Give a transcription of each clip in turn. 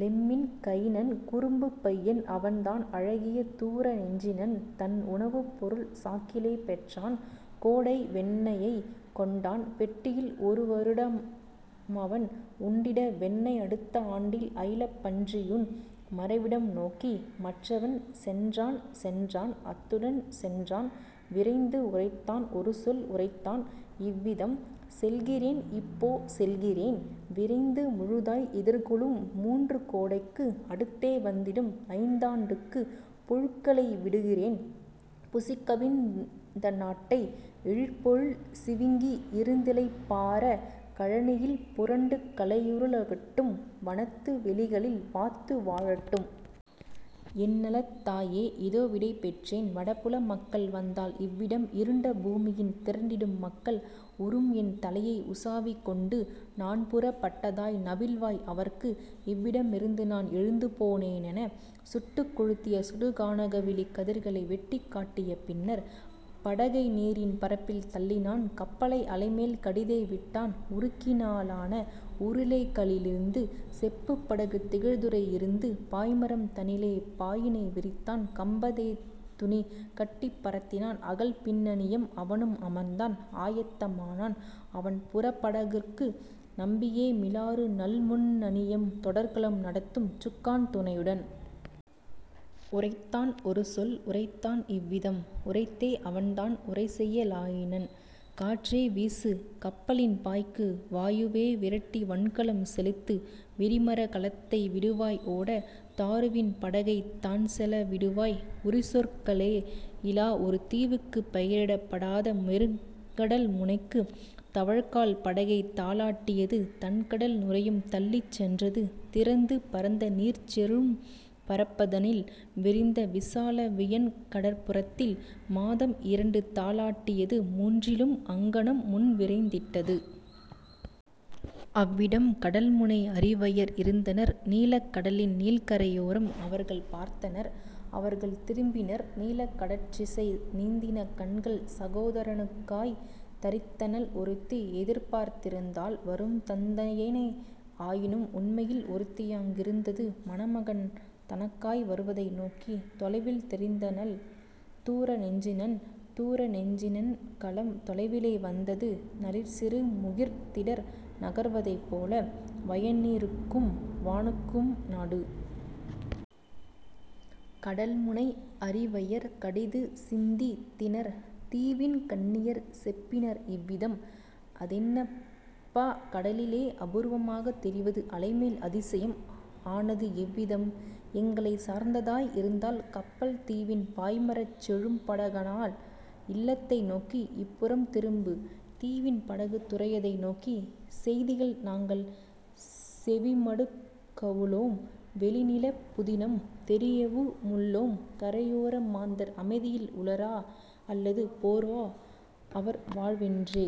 லெம்மின் கைனன் குறும்புப் பையன் அவன்தான் அழகிய தூர நெஞ்சினன் தன்உண வுப்பொருள் சாக்கிலே பெற்றான் கோடை வெண்ணெயைக் கொண்டான் பெட்டியில் ஒருவரு டம்மவன் உண்டிட வெண்ணெய் அடுத்த ஆண்டில் அயிலப் பன்றியூன்; மறைவிடம் நோக்கி மற்றவன் சென்றான் சென்றான் அத்துடன் சென்றான் விரைந்து உரைத்தான் ஒருசொல் உரைத்தான் இவ்விதம்: "செல்கிறேன் இப்போ செல்கிறேன் விரைந்து முழுதாய் எதிர்கொளும் மூன்று கோடைக்கு அடுத்தே வந்திடும் ஐந்தாண் டுக்கு புழுக்களை விடுகிறேன் புசிக்கவிந் நாட்டை எழிற்பொழில் சிவிங்கி இருந்திளைப் பாற கழனியில் புரண்டு கலையுரு ளட்டும் வனத்து வெளிகளில் வாத்து வாழட்டும். என்நலத் தாயே, இதோவிடை பெற்றேன், வடபுல மக்கள் வந்தால் இவ்விடம் இருண்ட பூமியின் திரண்டிடும் மக்கள் உறும்என் தலையை உசாவிக் கொண்டு நான்புறப் பட்டதாய் நவில்வாய் அவர்க்கு இவ்விட மிருந்துநான் எழுந்துபோ னேனென சுட்டுக் கொழுத்திய சுடுகானக வெளி கதிர்களை வெட்டிக் கட்டிய பின்னர். " படகை நீரின் பரப்பில் தள்ளினான் கப்பலை அலைமேல் கடிதே விட்டான் உருக்கினா லான உருளைக ளிருந்து செப்புப் படகுத் திகழ்துறை யிருந்து பாய்மரம் தனிலே பாயினை விரித்தான் கம்பத் தேதுணி கட்டிப் பரத்தினான்; அகல்பின் னணியம் அவனும் அமர்ந்தான் ஆயத்த மானான் அவன்புறப் படற்கு நம்பியே மிலாறு நல்முன் னணியம் தொடர்கலம் நடத்தும் சுக்கான் துணையுடன். உரைத்தான் ஒருசொல் உரைத்தான் இவ்விதம்: உரைத்தே அவன்தான் உரைசெய லாயினன்: "காற்றே வீசு கப்பலின் பாய்க்கு வாயுவே விரட்டி வன்கலம் செலுத்து விரிமரக் கலத்தை விடுவாய் ஓட தாருவின் படகைத் தான்செல விடுவாய் உறுசொற் களேயிலா ஒருதீ வுக்கு பெயரிடப் படாத பெருங்கடல் முனைக்கு. தவழ்கால் படகைத் தாலாட் டியது தண்கடல் நுரையும் தள்ளிச் சென்றது திறந்து பரந்தநீர்ச் செழும்பரப் பதனில் விரிந்த விசால வியன்கடற் புறத்தில்; மாதம் இரண்டு தாலாட் டியது மூன்றிலும் அங்ஙனம் முன்விரைந் திட்டது. அவ்விடம் கடல்முனை அரிவையர் இருந்தனர் நீலக் கடலின் நீள்கரை யோரம் அவர்கள் பார்த்தனர் அவர்கள் திரும்பினர் நீலக் கடற்றிசை நீந்தின கண்கள் சகோதர னுக்காய்த் தரித்தனள் ஒருத்தி எதிர்பார்த் திருந்தாள் வரும்தந் தையினை ஆயினும் உண்மையில் ஒருத்தியாங் கிருந்தது மணமகன் தனக்காய் வருவதை நோக்கி. தொலைவில் தெரிந்தனன் தூர நெஞ்சினன் தூரநெஞ் சினன்கலம் தொலைவிலே வந்தது நளிர்சிறு முகிற்திடர் நகர்வதைப் போல வயன்நீ ருக்கும் வானுக் கும்நடு. கடல்முனை அரிவையர் கடிதுசிந் தித்தினர் தீவின் கன்னியர் செப்பினர் இவ்விதம்: "அதெனப்பா கடலிலே அபூர்வமாக தெரிவது அலைமேல் அதிசயம் ஆனது எவ்விதம்? எங்களைச் சார்ந்ததாய் இருந்தால் கப்பல் தீவின் பாய்மரச் செழும்பட கானால் இல்லத்தை நோக்கி இப்புறம் திரும்பு தீவின் படகுத் துறையதை நோக்கி: செய்திகள் நாங்கள் செவிமடுக் கவுளோம் வெளிநிலப் புதினம் தெரியவு முள்ளோம் கரையோர மாந்தர் அமைதியில் உளரா அல்லது போரோ அவர் வாழ்வென்றே.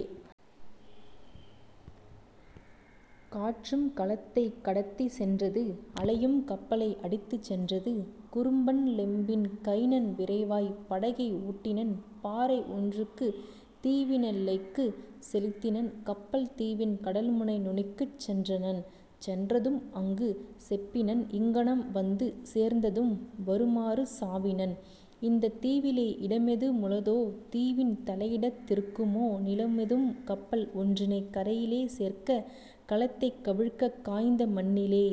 " காற்றும் கலத்தைக் கடத்திச் சென்றது அலையும் கப்பலை அடித்துச் சென்றது குறும்பன் லெம்மின் கைனன் விரைவாய் படகை ஓட்டினன் பாறை ஒன்றுக்கு தீவினெல் லைக்குச் செலுத்தினன் கப்பல் தீவின் கடல்முனை நுனிக்குச் சென்றனன். சென்றதும் அங்கு செப்பினன் இங்ஙனம் வந்து சேர்ந்ததும் வருமா றுசாவினன்: "இந்தத் தீவிலே இடமெது முளதோ தீவின் தலையிடத் திருக்குமோ நிலமெதும் கப்பல் ஒன்றினைக் கரையிலே சேர்க்க கலத்தைக் கவிழ்க்கக் காய்ந்த மண்ணிலே?